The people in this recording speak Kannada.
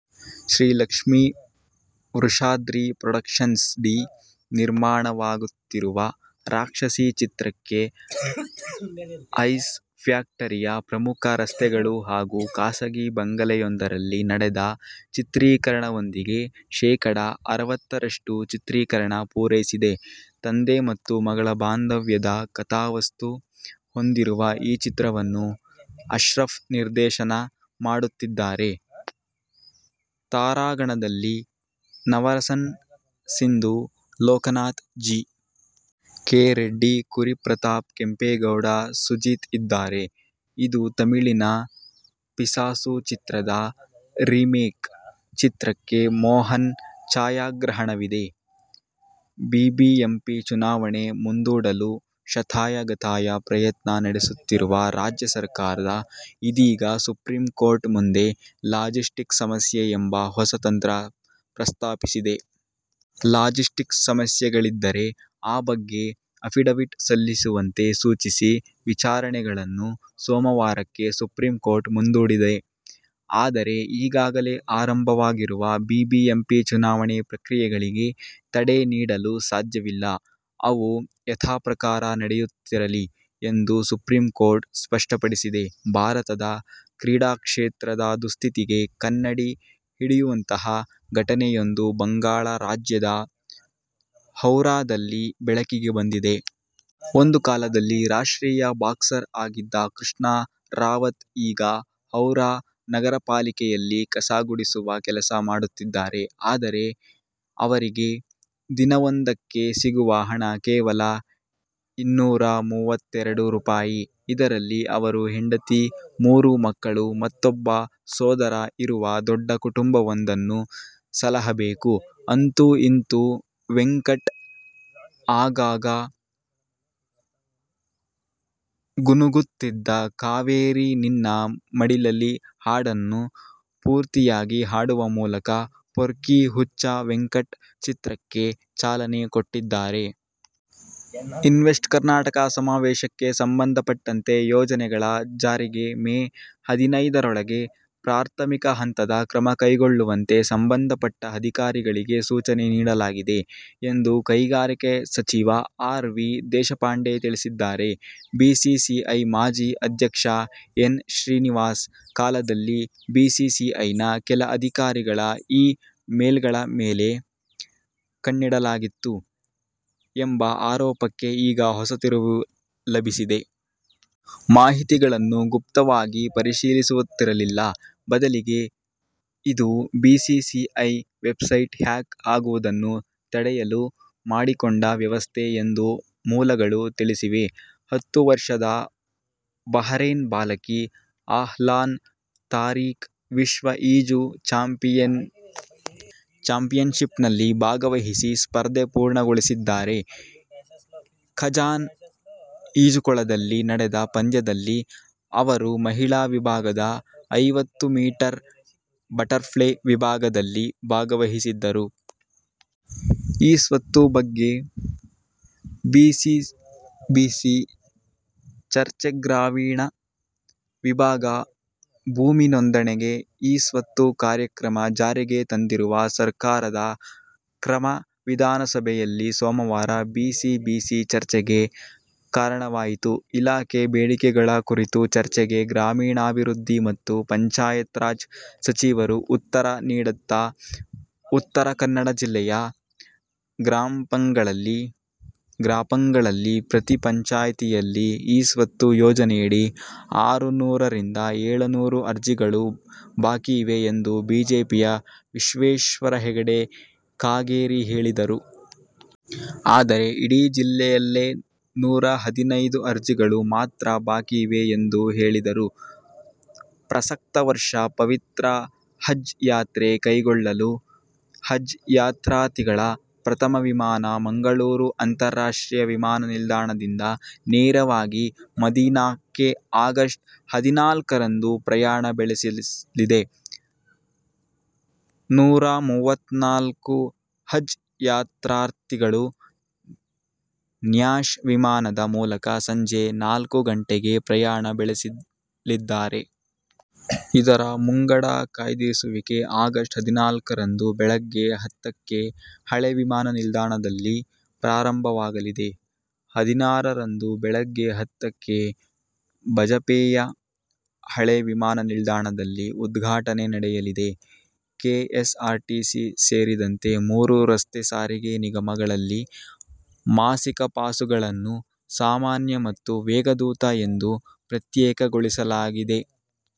ಶ್ರೀ ಲಕ್ಷ್ಮೀ ವೃಷಾದ್ರಿ ಪೊಡಕ್ಷನ್ಸ್ನಡಿ ನಿರ್ಮಾಣವಾಗುತ್ತಿರುವ ರಾಕ್ಷಸಿ ಚಿತ್ರಕ್ಕೆ ಐಸ್ ಫ್ಯಾಕ್ಟರಿಯ ಪ್ರಮುಖ ರಸ್ತೆಗಳು ಹಾಗೂ ಖಾಸಗಿ ಬಂಗಲೆಯೊಂದರಲ್ಲಿ ನಡೆದ ಚಿತ್ರಿಕರಣದೊಂದಿಗೆ ಶೇಕಡಾ ಅರವತ್ತರಷ್ಟು ಚಿತ್ರೀಕರಣ ಪೂರೈಸಿದೆ. ತಂದೆ ಮತ್ತು ಮಗಳ ಬಾಂಧವ್ಯದ ಕಥಾವಸ್ತು ಹೊಂದಿರುವ ಈ ಚಿತ್ರವನ್ನು ಅಶ್ರಫ್ ನಿರ್ದೇಶನ ಮಾಡುತ್ತಿದ್ದಾರೆ. ತಾರಾಗಣದಲ್ಲಿ ನವರಸನ್, ಸಿಂಧು ಲೋಕನಾಥ್, ಜಿ. ಕೆ. ರೆಡ್ಡಿ, ಕುರಿ ಪ್ರತಾಪ್, ಕೆಂಪೇಗೌಡ, ಸುಜಿತ್ ಇದ್ದಾರೆ. ಇದು ತಮಿಳಿನ ಪಿಸಾಸು ಚಿತ್ರದ ರಿಮೇಕ್. ಚಿತ್ರಕ್ಕೆ ಮೋಹನ್ ಛಾಯಾಗ್ರಹಣವಿದೆ. ಬಿಬಿಎಂಪಿ ಚುನಾವಣೆ ಮುಂದೂಡಲು ಶತಾಯ ಗತಾಯ ಪ್ರಯತ್ನ ನಡೆಸುತ್ತಿರುವ ರಾಜ್ಯ ಸರ್ಕಾರ ಇದೀಗ ಸುಪ್ರೀಂಕೋರ್ಟ್ನ ಮುಂದೆ ಲಾಜಿಸ್ಟಿಕ್ ಸಮಸ್ಯೆ ಎಂಬ ಹೊಸ ತಂತ್ರ ಪ್ರಸ್ತಾಪಿಸಿದೆ. ಲಾಜಿಸ್ಟಿಕ್ ಸಮಸ್ಯೆಗಳಿದ್ದರೆ ಆ ಬಗ್ಗೆ ಅಫಿಡವಿಟ್ ಸಲ್ಲಿಸುವಂತೆ ಸೂಚಿಸಿ ವಿಚಾರಣೆಯನ್ನು ಸೋಮವಾರಕ್ಕೆ ಸುಪ್ರೀಂಕೋರ್ಟ್ ಮುಂದೂಡಿದೆ. ಆದರೆ ಈಗಾಗಲೇ ಆರಂಭವಾಗಿರುವ ಬಿಬಿಎಂಪಿ ಚುನಾವಣೆ ಪ್ರಕ್ರಿಯೆಗಳಿಗೆ ತಡೆ ನೀಡಲು ಸಾಧ್ಯವಿಲ್ಲ. ಅವು ಯಥಾಪ್ರಕಾರ ನಡೆಯುತ್ತಿರಲಿ ಎಂದು ಸುಪ್ರೀಂಕೋರ್ಟ್ ಸ್ಪಷ್ಟಪಡಿಸಿದೆ. ಭಾರತದ ಕ್ರೀಡಾಕ್ಷೇತ್ರದ ದುಸ್ಥಿತಿಗೆ ಕನ್ನಡಿ ಹಿಡಿಯುವಂತಹ ಘಟನೆಯೊಂದು ಬಂಗಾಳ ರಾಜ್ಯದ ಹೌರಾದಲ್ಲಿ ಬೆಳಕಿಗೆ ಬಂದಿದೆ. ಒಂದು ಕಾಲದಲ್ಲಿ ರಾಷ್ಟ್ರೀಯ ಬಾಕ್ಸರ್ ಆಗಿದ್ದ ಕೃಷ್ಣಾ ರಾವತ್ ಈಗ ಹೌರಾ ನಗರಪಾಲಿಕೆಯಲ್ಲಿ ಕಸ ಗುಡಿಸುವ ಕೆಲಸ ಮಾಡುತ್ತಿದ್ದಾರೆ. ಅವರಿಗೆ ದಿನವೊಂದಕ್ಕೆ ಸಿಗುವ ಹಣ ಕೇವಲ ಇನ್ನೂರಾಮೂವತ್ತೆರಡು ರೂಪಾಯಿ ಇದರಲ್ಲಿ ಅವರು ಹೆಂಡತಿ, ಮೂರು ಮಕ್ಕಳು ಮತ್ತೊಬ್ಬ ಸೋದರ ಇರುವ ದೊಡ್ಡ ಕುಟುಂಬವೊಂದನ್ನು ಸಲಹಬೇಕು ಅಂತೂ ಇಂತೂ ವೆಂಕಟ್, ಆಗಾಗ ಗುನುಗುತ್ತಿದ್ದ ಕಾವೇರಿ ನಿನ್ನ ಮಡಿಲಲಿ ಹಾಡನ್ನು ಪೂರ್ತಿಯಾಗಿ ಹಾಡುವ ಮೂಲಕ ಪೊರ್ಕಿ ಹುಚ್ಚ ವೆಂಕಟ್ ಚಿತ್ರಕ್ಕೆ ಚಾಲನೆ ಕೊಟ್ಟಿದ್ದಾರೆ. ಇನ್ವೆಸ್ಟ್ ಕರ್ನಾಟಕ ಸಮಾವೇಶಕ್ಕೆ ಸಂಬಂಧಪಟ್ಟಂತೆ ಯೋಜನೆಗಳ ಜಾರಿಗೆ ಮೇ ಹದಿನೈದರೊಳಗೆ ಪ್ರಾಥಮಿಕ ಹಂತದ ಕ್ರಮ ಕೈಗೊಳ್ಳುವಂತೆ ಸಂಬಂಧಪಟ್ಟ ಅಧಿಕಾರಿಗಳಿಗೆ ಸೂಚನೆ ನೀಡಲಾಗಿದೆ ಎಂದು ಕೈಗಾರಿಕೆ ಸಚಿವ ಆರ್. ವಿ. ದೇಶಪಾಂಡೆ ತಿಳಿಸಿದ್ದಾರೆ. ಬಿಸಿಸಿಐ ಮಾಜಿ ಅಧ್ಯಕ್ಷ ಎನ್. ಶ್ರೀನಿವಾಸನ್ ಕಾಲದಲ್ಲಿ ಬಿಸಿಸಿಐನ ಕೆಲ ಅಧಿಕಾರಿಗಳ ಇ-ಮೇಲ್ಗಳ ಮೇಲೆ ಕಣ್ಣಿಡಲಾಗಿತ್ತು ಎಂಬ ಆರೋಪಕ್ಕೆ ಈಗ ಹೊಸ ತಿರುವು ಲಭಿಸಿದೆ. ಮಾಹಿತಿಗಳನ್ನು ಗುಪ್ತವಾಗಿ ಪರಿಶೀಲಿಸುತ್ತಿರಲಿಲ್ಲ, ಬದಲಿಗೆ ಇದು ಬಿಸಿಸಿಐ ವೆಬ್ಸೈಟ್ ಹ್ಯಾಕ್ ಆಗುವುದನ್ನು ತಡೆಯಲು ಮಾಡಿಕೊಂಡ ವ್ಯವಸ್ಥೆ ಎಂದು ಮೂಲಗಳು ತಿಳಿಸಿವೆ ಹತ್ತು ವರ್ಷದ ಬಹರೇನ್ ಬಾಲಕಿ, ಅಜ್ಲಾನ್ ತಾರೀಕ್ ವಿಶ್ವ ಈಜು ಚಾಂಪಿಯನ್ಶಿಪ್ನಲ್ಲಿ ಭಾಗವಹಿಸಿ ಸ್ಪರ್ಧೆ ಪೂರ್ಣಗೊಳಿಸಿದ್ದಾರೆ. ಕಜಾನ್ ಈಜುಕೊಳದಲ್ಲಿ ನಡೆದ ಪಂದ್ಯದಲ್ಲಿ ಅವರು ಮಹಿಳಾ ವಿಭಾಗದ ಐವತ್ತು ಮೀಟರ್ ಬಟರ್ಪ್ಲೆ" ವಿಭಾಗದಲ್ಲಿ ಭಾಗವಹಿಸಿದರು. ಇ-ಸ್ವತ್ತು ಬಗ್ಗೆ ಬಿಸಿಬಿಸಿ ಚರ್ಚೆಗ್ರಾಮೀಣ ಭಾಗದ ಭೂಮಿ ನೋಂದಣಿಗೆ ಇ-ಸ್ವತ್ತು ಕಾರ್ಯಕ್ರಮ ಜಾರಿಗೆ ತಂದಿರುವ ಸರ್ಕಾರದ ಕ್ರಮ ವಿಧಾನಸಭೆಯಲ್ಲಿ ಸೋಮವಾರ ಬಿಸಿ ಬಿಸಿ ಚರ್ಚೆಗೆ ಕಾರಣವಾಯಿತು. ಇಲಾಖಾ ಬೇಡಿಕೆಗಳ ಕುರಿತ ಚರ್ಚೆಗೆ ಗ್ರಾಮೀಣಾಭಿವೃದ್ಧಿ ಮತ್ತು ಪಂಚಾಯತ್ರಾಜ್ ಸಚಿವರು ಉತ್ತರ ನೀಡುತ್ತಾ, ಉತ್ತರ ಕನ್ನಡ ಜಿಲ್ಲೆಯ ಗ್ರಾಪಂಗಳಲ್ಲಿ ಪ್ರತಿ ಪಂಚಾಯ್ತಿಯಲ್ಲಿ ಇ-ಸ್ವತ್ತು ಯೋಜನೆಯಡಿ ಆರು ನೂರರಿಂದ ಏಳುನೂರು ಅರ್ಜಿಗಳು ಬಾಕಿ ಇವೆ ಎಂದು ಬಿಜೆಪಿಯ ವಿಶ್ವೇಶ್ವರ ಹೆಗಡೆ ಕಾಗೇರಿ ಹೇಳಿದ್ದರು. ಆದರೆ, ಇಡೀ ಜಿಲ್ಲೆಯಲ್ಲೇ ನೂರ ಹದಿನೈದು ಅರ್ಜಿಗಳು ಮಾತ್ರ ಬಾಕಿ ಇವೆ ಎಂದು ಹೇಳಿದರು. ಪ್ರಸಕ್ತ ವರ್ಷ ಪವಿತ್ರ ಹಜ್ಜ್ ಯಾತ್ರೆ ಕೈಗೊಳ್ಳುವ ಹಜ್ಜ್ ಯಾತ್ರಾರ್ಥಿಗಳ ಪ್ರಥಮ ವಿಮಾನ ಮಂಗಳೂರು ಅಂತಾರಾಷ್ಟ್ರೀಯ ವಿಮಾನ ನಿಲ್ದಾಣದಿಂದ ನೇರವಾಗಿ ಮದೀನಾಕ್ಕೆ ಆಗಸ್ಟ್ ಹದಿನಾಲ್ಕುರಂದು ಪ್ರಯಾಣ ಬೆಳೆಸಲಿದೆ. ನೂರಾಮುವತ್ನಾಲ್ಕು ಹಜ್ಜ್ ಯಾತ್ರಾರ್ಥಿಗಳು ನ್ಯಾಶ್ ವಿಮಾನದ ಮೂಲಕ ಸಂಜೆ ನಾಲ್ಕು ಗಂಟೆಗೆ ಪ್ರಯಾಣ ಬೆಳೆಸಲಿದ್ದಾರೆ. ಇದರ ಮುಂಗಡ ಕಾಯ್ದಿರಿಸುವಿಕೆ ಆಗಸ್ಟ್ ಹದಿನಾಲ್ಕರಂದು ಬೆಳಗ್ಗೆ ಹತ್ತಕ್ಕೆ ಹಳೆ ವಿಮಾನ ನಿಲ್ದಾಣದಲ್ಲಿ ಪ್ರಾರಂಭವಾಗಲಿದೆ. ಹದಿನಾರರಂದು ಬೆಳಗ್ಗೆ ಹತ್ತಕ್ಕೆ ಬಜಪೆಯ ಹಳೆ ವಿಮಾಣ ನಿಲ್ದಾಣದಲ್ಲಿ ಉದ್ಘಾಟನೆ ನಡೆಯಲಿದೆ. ಕೆಎಸ್ಆರ್ಟಿಸಿ ಸೇರಿದಂತೆ ಮೂರು ರಸ್ತೆ ಸಾರಿಗೆ ನಿಗಮ ಗಳಲ್ಲಿ ಮಾಸಿಕ ಪಾಸುಗಳನ್ನು ಸಾಮಾನ್ಯ ಮತ್ತು ವೇಗದೂತ ಎಂದು ಪ್ರತ್ಯೇಕಗೊಳಿಸಲಾಗಿದೆ.